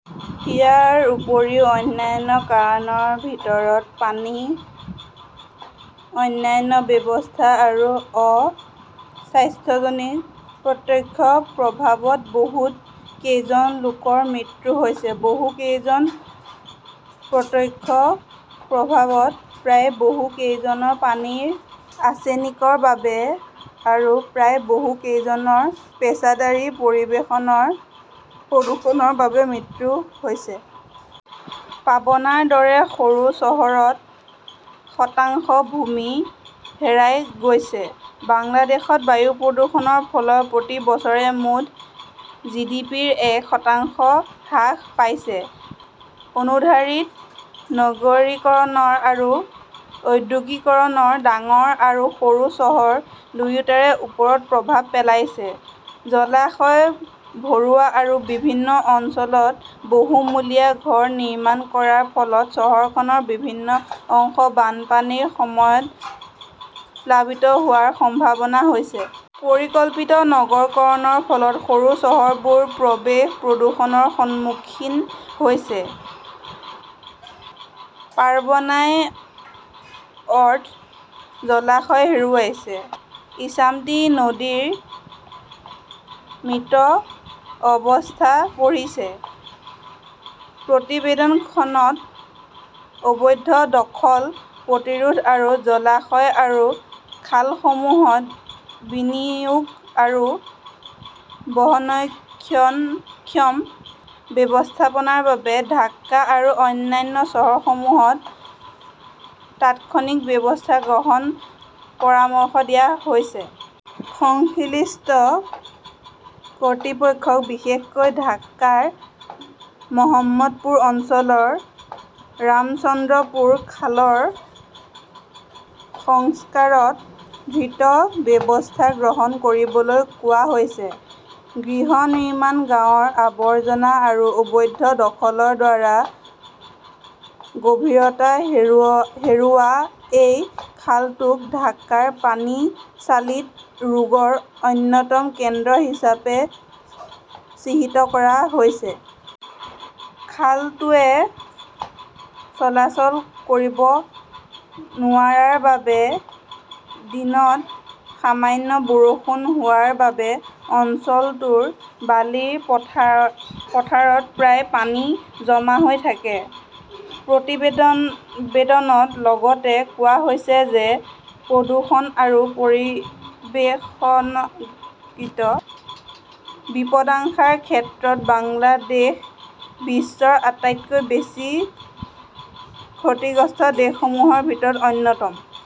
ইয়াৰ উপৰিও অন্যান্য কাৰণৰ ভিতৰত পানী, অন্যান্য ব্যৱস্থা আৰু অ-স্বাস্থ্যজনিত প্ৰত্যক্ষ প্ৰভাৱত বহু কেইজন লোকৰ মৃত্যু হৈছে, বহু কেইজন প্ৰত্যক্ষ প্ৰভাৱত, প্ৰায় বহু কেইজনৰ পানীৰ আৰ্ছেনিকৰ বাবে আৰু প্ৰায় বহু কেইজনৰ পেছাদাৰী পৰিৱেশনৰ প্ৰদূষণৰ বাবে মৃত্যু হৈছে। পাবনাৰ দৰে সৰু চহৰত শতাংশ ভূমি হেৰাই গৈছে। বাংলাদেশত বায়ু প্ৰদূষণৰ ফলত প্ৰতি বছৰে মুঠ জিডিপিৰ এক শতাংশ হ্ৰাস পাইছে। অনুৰ্ধাৰিত নগৰীকৰণৰ আৰু ঔদ্যোগিকৰণৰ ডাঙৰ আৰু সৰু চহৰ দুয়োটাৰে ওপৰত প্ৰভাৱ পেলাইছে। জলাশয় ভৰোৱা আৰু বিভিন্ন অঞ্চলত বহুমূলীয়া ঘৰ নিৰ্মাণ কৰাৰ ফলত চহৰখনৰ বিভিন্ন অংশ বানপানীৰ সময়ত প্লাবিত হোৱাৰ সম্ভাৱনা হৈছে। পৰিকল্পিত নগৰীকৰণৰ ফলত সৰু চহৰবোৰ প্ৰৱেশ প্ৰদূষণৰ সন্মুখীন হৈছে। পাৰবনাইৰ অৰ্ধ জলাশয় হেৰুৱাইছে। ইছামতী নদী মৃত অৱস্থাত পৰিছে। প্ৰতিবেদনখনত অবৈধ দখল প্ৰতিৰোধ আৰু জলাশয় আৰু খালসমূহত বিনিয়োগ আৰু বহনক্ষম ব্যৱস্থাপনাৰ বাবে ঢাকা আৰু অন্যান্য চহৰসমূহত তাৎক্ষণিক ব্যৱস্থা গ্ৰহণ পৰামৰ্শ দিয়া হৈছে। সংশ্লিষ্ট কৰ্তৃপক্ষক বিশেষকৈ ঢাকাৰ মহম্মদপুৰ অঞ্চলৰ ৰামচন্দ্ৰপুৰ খালৰ সংস্কাৰত দ্ৰিত ব্যৱস্থা গ্ৰহণ কৰিবলৈ কোৱা হৈছে। গৃহ নিৰ্মাণ গাঁৱৰ আৱৰ্জনা আৰু অবৈধ দখলৰ দ্বাৰা গভীৰতা হেৰুওৱা, এই খালটোক ঢাকাৰ পানী-চালিত ৰোগৰ অন্যতম কেন্দ্ৰ হিচাপে চিহিত কৰা হৈছে। খালটোৱে চলাচল কৰিব নোৱাৰাৰ বাবে দিনত সামান্য বৰষুণ হোৱাৰ বাবে অঞ্চলটোৰ বালিৰ পথাৰত প্ৰায় পানী জমা হৈ থাকে। প্ৰতিবেদনত লগতে কোৱা হৈছে যে প্ৰদূষণ আৰু পৰিৱেশনৰগিত বিপদাশংকাৰ ক্ষেত্ৰত বাংলাদেশ বিশ্বৰ আটাইতকৈ বেছি ক্ষতিগ্ৰস্ত দেশসমূহৰ ভিতৰত অন্যতম।